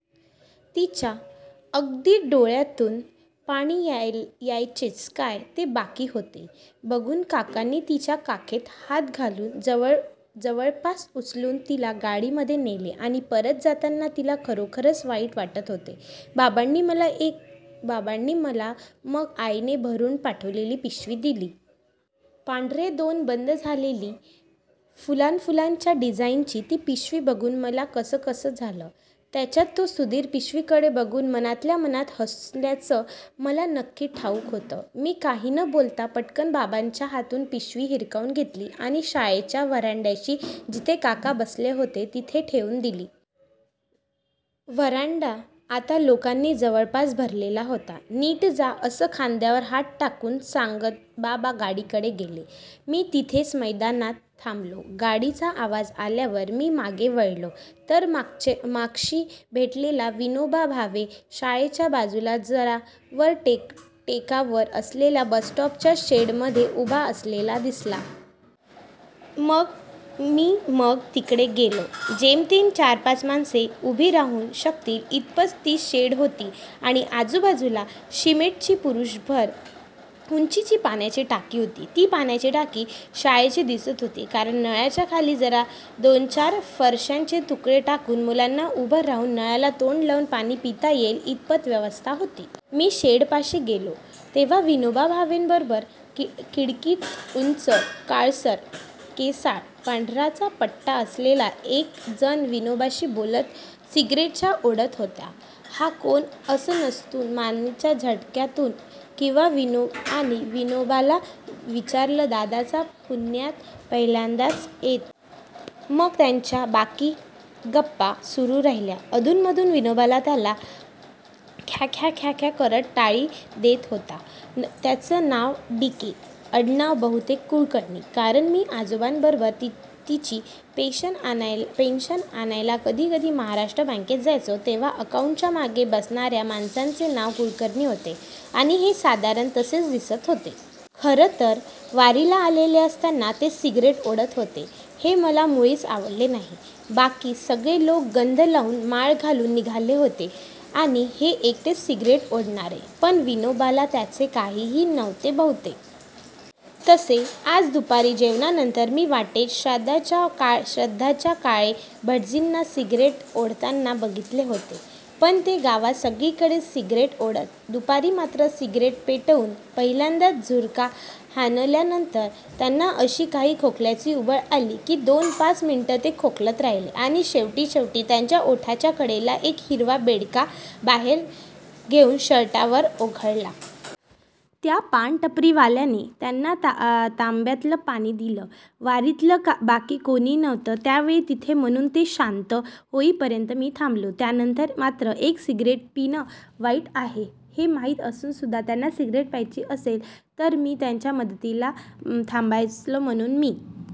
तिच्या अगदी डोळ्यातून पाणी यायचेच काय ते बाकी होते बघून काकांनी तिच्या काखेत हात घालून जवळपास उचलूनच तिला गाडीपर्यंत नेले आणि परत जाताना तिला खरोखरच वाईट वाटत होते. बाबांनी मला मग आईने भरुन पाठवलेली पिशवी दिली. पांढरे दोन बंद असलेली, फुलाफुलाच्या डिझाइनची ती पिशवी बघून मला कससच झालं. त्यातच तो सुधीर पिशवीकडे बघून मनातल्या मनात हसल्याचं मला नक्की ठाउक होतं. मी काही न बोलता पटकन बाबांच्या हातून पिशवी हिसकावून घेतली आणि शाळेच्या व्हरांड्याशी जिथे काका बसले होते तिथे ठेवून दिली. व्हरांडा आता लोकांनी जवळपास भरलेला होता. नीट जा असं माझ्या खांद्यावर हात टाकून सांगत बाबा गाडीकडे गेले. मी तिथेच मैदानात थांबलो. गाडीचा आवाज आल्यावर मी मागे वळलो तर मगाशी भेटलेला विनोबा भावे शाळेच्या बाजूला जरा वर टेकावर असलेल्या बसस्टॉपच्या शेडमध्ये उभा असलेला दिसला. मी मग तिकडे गेलो. जेमतेम चार-पाच माणसं उभी राहू शकतील इतपतच ती शेड होती आणि बाजूला एक सिमेंटची पुरुषभर उंचीची पाण्याची टाकी. ही पाण्याची टाकी शाळेची दिसत होती कारण नळाच्या खाली जरा दोन-चार फरश्यांचे तुकडे टाकून मुलांना उभं राहून नळाला तोंड लावून पाणी पिता येईल इतपत व्यवस्था होती. मी शेडपाशी गेलो तेव्हा विनोबा भाव्यांबरोबर किडकिडीत उंच, काळसर, केसात पांढरा पट्टा असलेले एक जण विनोबाशी बोलत सिगरेट ओढत उभे होते. हा कोण असं नुसतं मानेच्या झटक्यातून त्यांनी विनोबाला विचारलं. दादाचा पुतण्या. पहिल्यांदाच येतोय. मग त्यांच्या बाकी गप्पा सुरु राहिल्या. अधून-मधून विनोबा त्याला ख्याख्याख्या करत टाळी देत होता. त्यांचं नाव डीके. आडणाव बहुतेक कुलकर्णी. कारण मी आजीबरोबर तिची पेंशन आणायला कधीकधी महाराष्ट्र बॅंकेत जायचो तेव्हा काउंटरच्या मागे बसणार्या माणसाचे नाव कुलकर्णी होते आणि हे साधारण तसेच दिसत होते. खरं तर वारीला आलेले असताना ते सिगरेट ओढत होते हे मला मुळीच आवडले नाही. बाकी सगळे लोक गंध लावून, माळ घालून निघालेले आणि हे एकटेच सिगरेट ओढणारे. पण विनोबाला त्याचे काही नव्हते बहुतेक. तसे आज दुपारी जेवणानंतर मी वाटेत श्राद्धाच्या काळे भटजींना सिगरेट ओढताना बघितले होते. पण ते गावात सगळीकडेच सिगरेट ओढत. दुपारी मात्र सिगरेट पेटवून पहिलाच झुरका हाणल्यानंतर त्यांना अशी काही खोकल्याची उबळ आली की दोन-पाच मिनिटं ते खोकतच राहिले आणि शेवटी शेवटी त्यांच्या ओठाच्या कडेने एक हिरवा बेडका बाहेर येउन शर्टावर ओघळला. त्या पान टपरीवाल्याने त्यांना तांब्यातनं पाणी दिलं. वारीतलं बाकी कोणी नव्हतं त्यावेळी तिथे म्हणुन ते शांत होईपर्यंत मी थांबलो. त्यानंतर मात्र सिगरेट पिणं वाईट आहे हे माहिती असून सुद्धा त्यांना सिगरेट प्यायची असेल तर मी का त्यांच्या मदतीला थांबायचं म्हणुन मी